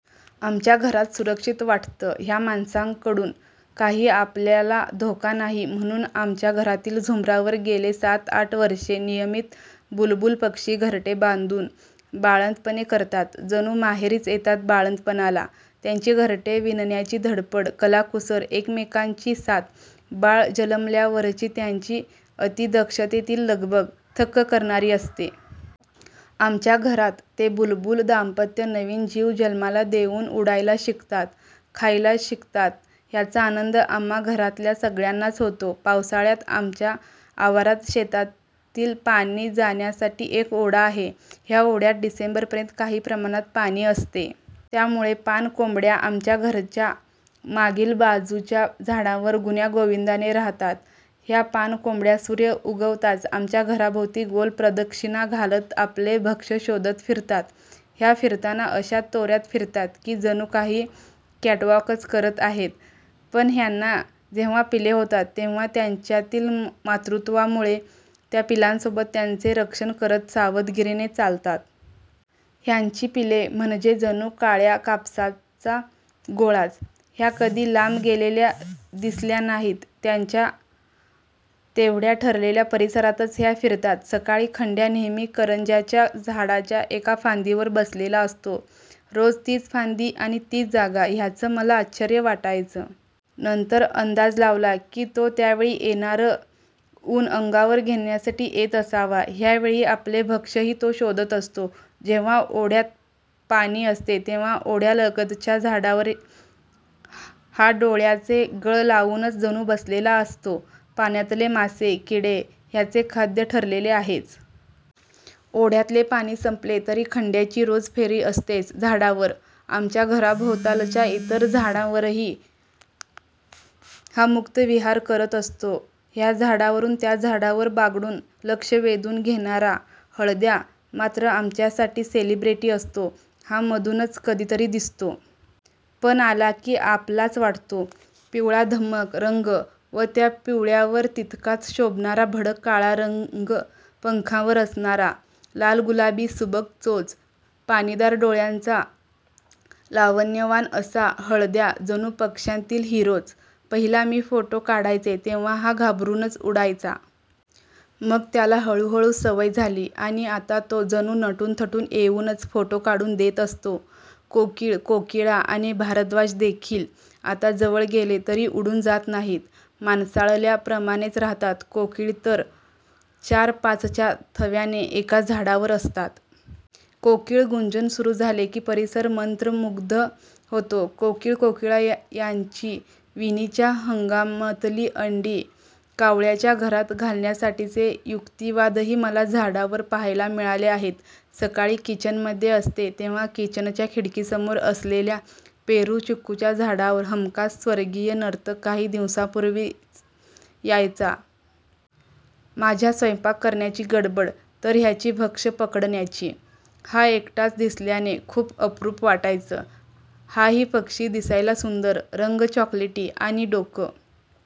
आमच्या घरात सुरक्षित वाटतं, ह्या माणसांकडून काही आपल्याला धोका नाही म्हणून आमच्या घरातील झुंबरावर गेले सात आठ वर्षे नियमित बुलबुल पक्षी घरटे बांधून बाळंतपणे करतात. जणू माहेरीच येतात बाळंतपणाला. त्यांची घरटे विणण्याची धडपड, कलाकुसर, एकमेकांची साथ, बाळ जन्मल्यावरची त्यांची अती दक्षतेतील लगबग थक्क करणारी असते. आमच्या घरात ते बुलबुल दांपत्य नवीन जीव जन्माला देऊन उडायला शिकतात, खायला शिकतात ह्याचा आनंद आम्हा घरातल्या सगळ्यांनाच होतो. पावसाळ्यात आमच्या आवारात शेतातील पाणी जाण्यासाठी एक ओढा आहे. ह्या ओढ्यात डिसेंबरपर्यंत काही प्रमाणात पाणी असते. त्यामुळे पाणकोंबड्या आमच्या घराच्या मागील बाजूच्या झाडांवर गुण्यागोविंदाने राहतात. ह्या पाणकोंबड्या सूर्य उगवताच आमच्या घराभोवती गोल प्रदक्षिणा घालत आपले भक्ष्य शोधत फिरतात. ह्या फिरताना अशा तोऱ्यात फिरतात की जणूकाही कॅटवॉकच करत आहेत. पण ह्यांना जेव्हा पिले होतात तेव्हा त्यांच्यातील मातृत्वामुळे त्या पिलांसोबत त्यांचे रक्षण करत सावधगिरीने चालतात. ह्यांची पिले म्हणजे जणू काळ्या कापसाचा गोळाच. ह्या कधी लांब गेलेल्या दिसल्या नाहीत. त्यांच्या तेवढ्या ठरलेल्या परिसरातच ह्या फिरतात. सकाळी खंड्या नेहमी करंज्याच्या झाडाच्या एका फांदीवर बसलेला असतो. रोज तीच फांदी आणि तीच जागा ह्याचं मला आश्चर्य वाटायचं. नंतर अंदाज लावला तो त्यावेळी येणारं ऊन अंगावर घेण्यासाठी येत असावा. ह्यावेळी आपले भक्ष्यही तो शोधत असतो. जेव्हा ओढ्यात पाणी असते तेव्हा ओढ्यालगतच्या झाडावर हा डोळ्याचे गळ लावूनच जणू बसलेला असतो. पाण्यातले मासे, किडे ह्याचे खाद्य ठरलेले आहेच. ओढ्यातले पाणी संपले तरी खंड्याची रोज फेरी असतेच झाडावर. आमच्या घराभोवतालच्या इतर झाडांवरही हा मुक्त विहार करत असतो. ह्या झाडावरून त्या झाडावर बागडून लक्ष वेधून घेणारा हळद्या हा मात्र आमच्यासाठी सेलिब्रेटी असतो. हा मधूनच कधीतरी दिसतो. पण आला की आपलाच वाटतो. पिवळा धमक रंग व त्या पिवळ्यावर तितकाच शोभणारा भडक काळा रंग पंखांवर असणारा, लाल-गुलाबी सुबक चोच, पाणीदार डोळ्यांचा लावण्यवान असा हळद्या जणू पक्ष्यांतील हिरोच. पहिला मी फोटो काढायचे तेव्हा हा घाबरून उडायचा. मग त्याला हळू हळू सवय झाली आणि आता तो जणू नटून थटून येऊनच फोटो काढून देत असतो. कोकीळ, कोकिळा आणि भारद्वाज देखील आता जवळ गेले तरी उडून जात नाहीत. माणसाळल्याप्रमाणेच राहतात. कोकीळ तर चार पाचच्या थव्याने एका झाडावर असतात. कोकिळ गुंजन सुरू झाले की परिसर मंत्रमुग्ध होतो. कोकीळ-कोकिळा यांची विणीच्या हंगामातली अंडी कावळ्याच्या घरात घालण्यासाठीचे युक्तिवादही मला झाडावर पाहायला मिळाले आहेत. सकाळी किचनमध्ये असते तेव्हा किचनच्या खिडकीसमोर असलेल्या पेरू-चिकूच्या झाडावर हमखास स्वर्गीय नर्तक काही दिवसांपूर्वी यायचा. माझ्या स्वयंपाक करण्याची गडबड तर ह्याची भक्ष्य पकडण्याची. हा एकटाच दिसल्याने खूप अप्रूप वाटायचं. हाही पक्षी दिसायला सुंदर. रंग चॉकलेटी आणि डोकं